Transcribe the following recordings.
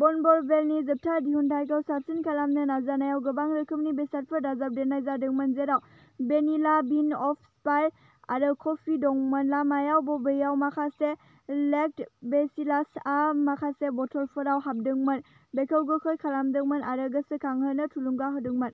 Bourbon बेरेलनि जोबथा दिहुनथायखौ साबसिन खालामनो नाजानायाव गोबां रोखोमनि बेसादफोर दाजाबदेरनाय जादोंमोन, जेराव भेनिला बिन अक स्पायर आरो कफि दंमोन। लामायाव बबेयाव माखासे लेक्ट' बेसिलासआ माखासे बथलफोराव हाबदोंमोन, बेखौ गोखै खालामदोंमोन आरो गोसोखांहोनो थुलुंगा होदोंमोन।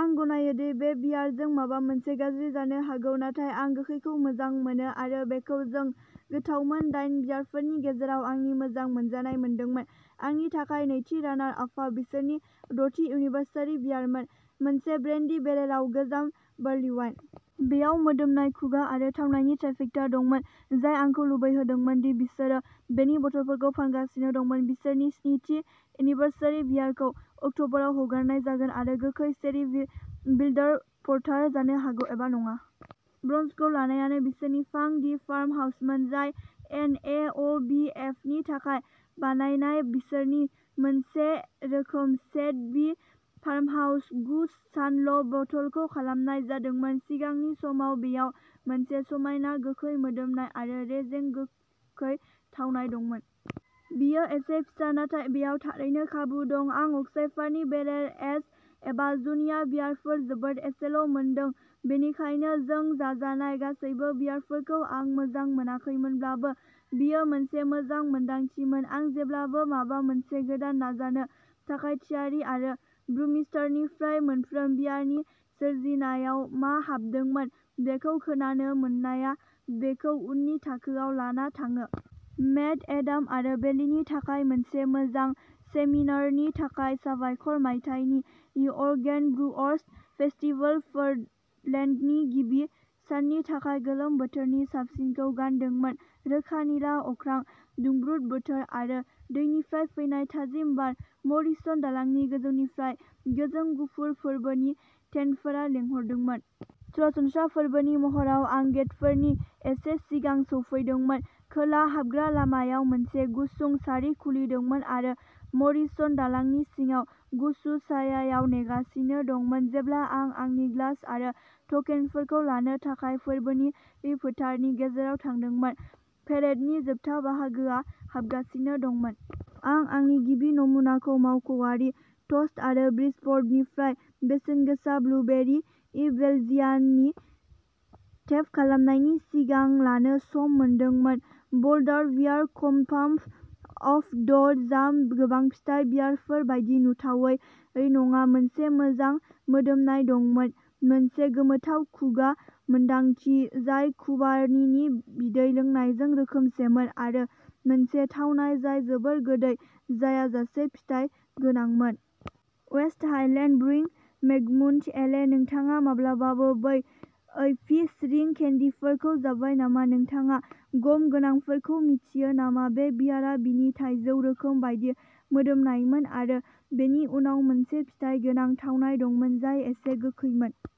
आं गनायो दि बे बियारजों माबा मोनसे गाज्रि जानो हागौ, नाथाय आं गोखैखौ मोजां मोनो आरो बेखौ जों गोथाव मोन दाइन बियारफोरनि गेजेराव आंनि मोजां मोनजानाय मोनदोंमोन। आंनि थाखाय नैथि रानार आपआ बिसोरनि दथि एनिभार्सारि बियारमोन मोनसे ब्रेन्डी बेरेलाव गोजाम बार्लिवाइन। बेयाव मोदोमनाय, खुगा आरो थावनायनि ट्राइफेक्टा दंमोन जाय आंखौ लुबैहोदोंमोन दि बिसोरो बेनि बथलफोरखौ फानगासिनो दंमोन। बिसोरनि स्नि थि एनिभार्सारि बियारखौ अक्टबराव हगारनाय जागोन आरो गोखै चेरी बिल्टाक पर्टार जानो हागौ । एबा नङा। ब्रन्जखौ लानायानो बिसोरनि फांक दि फार्म हाउसमोन, जाय एन ए अ बि एफनि थाखाय बानायनाय बियारनि मोनसे रोखोम, सेभ दि फार्महाउस। गु सानल' बथलखौ खालामनाय जादोंमोन। सिगांनि समाव बेयाव मोनसे समायना गोखै मोदोमनाय आरो रेजें, गोखै थावनाय दंमोन। बेयो एसे फिसा नाथाय बेयाव थारैनो खाबु दं। आं अक्सायारनि बेरेल एज एबा जुनिया बियारफोर जोबोद एसेल' मोनदों बेनिखायनो जों जाजानाय गासैबो बियारफोरखौ आं मोजां मोनाखैमोनब्लाबो बेयो मोनसे मोजां मोन्दांथिमोन। आं जेब्लाबो माबा मोनसे गोदान नाजानो थाखाय थियारि आरो ब्रुमाष्टारनिफ्राय मोनफ्रोम बियारनि सोरजिनायाव मा हाबदोंमोन बेखौ खोनानो मोननाया बेखौ उननि थाखोआव लाना थाङो। मेट, एडाम आरो बेलीनि थाखाय मोनसे मोजां सेमिनारनि थाखाय साबायखर मायथाइनि अरेगन ब्रुअर्स फेस्टिभेल पर्टलेन्डनि गिबि साननि थाखाय गोलोम बोथोरनि साबसिनखौ गानदोंमोन रोखा निला अख्रां, दुंब्रुद बोथोर आरो दैनिफ्राय फैनाय थाजिम बार। मरिसन दालांनि गोजौनिफ्राय गोजों गुफुर फोरबोनि टेन्टफोरा लेंहरदोंमोन। सरासनस्रा फोरबोनि महराव, आं गेटफोरनि एसे सिगां सौफैदोंमोन। खोला हाबग्रा लामायाव मोनसे गुसुं सारि खुलिदोंमोन आरो मरिसन दालांनि सिङाव गुसु सायायाव नेगासिनो दंमोन। जेब्ला आं आंनि ग्लास आरो टकेनफोरखौ लानो थाखाय फोरबोनि फोथारनि गेजेराव थांदोंमोन, पेरेडनि जोबथा बाहागोआ हाबगासिनो दंमोन। आं आंनि गिबि नमुनाखौ मावख'आरि ट'स्ट आरो ब्रिजप'र्टनिफ्राय बेसेनगोसा ब्लुबेरि इबेलडियाननि टेप खालामनायनि सिगां लानो सम मोनदोंमोन। ब'ल्डार बियार क'पाम्प आप द जाम गोबां फिथाइ बियारफोर बायदि नुथावै नङा, मोनसे मोजां मोदोमनाय दंमोन, मोनसे गोमोथाव खुगा मोनदांथि जाय खुबानीनि बिदै लोंनायजों रोखोमसेमोन आरो मोनसे थावनाय जाय जोबोद गोदै जायाजासे फिथाइ गोनांमोन। वेस्ट हाइलेन्ड ब्रुइं मेंग'मुन एले नोंथाङा माब्लाबाबो बै ओय पिच रिं केन्डिफोरखौ जाबाय नामा? नोंथाङा गम गोनांफोरखौ मिथियो नामा? बे बियारआ बिनि थाइजौ रोखोम बायदि मोदोमनायमोन आरो बेनि उनाव मोनसे फिथाइ गोनां थावनाय दंमोन जाय एसे गोखैमोन।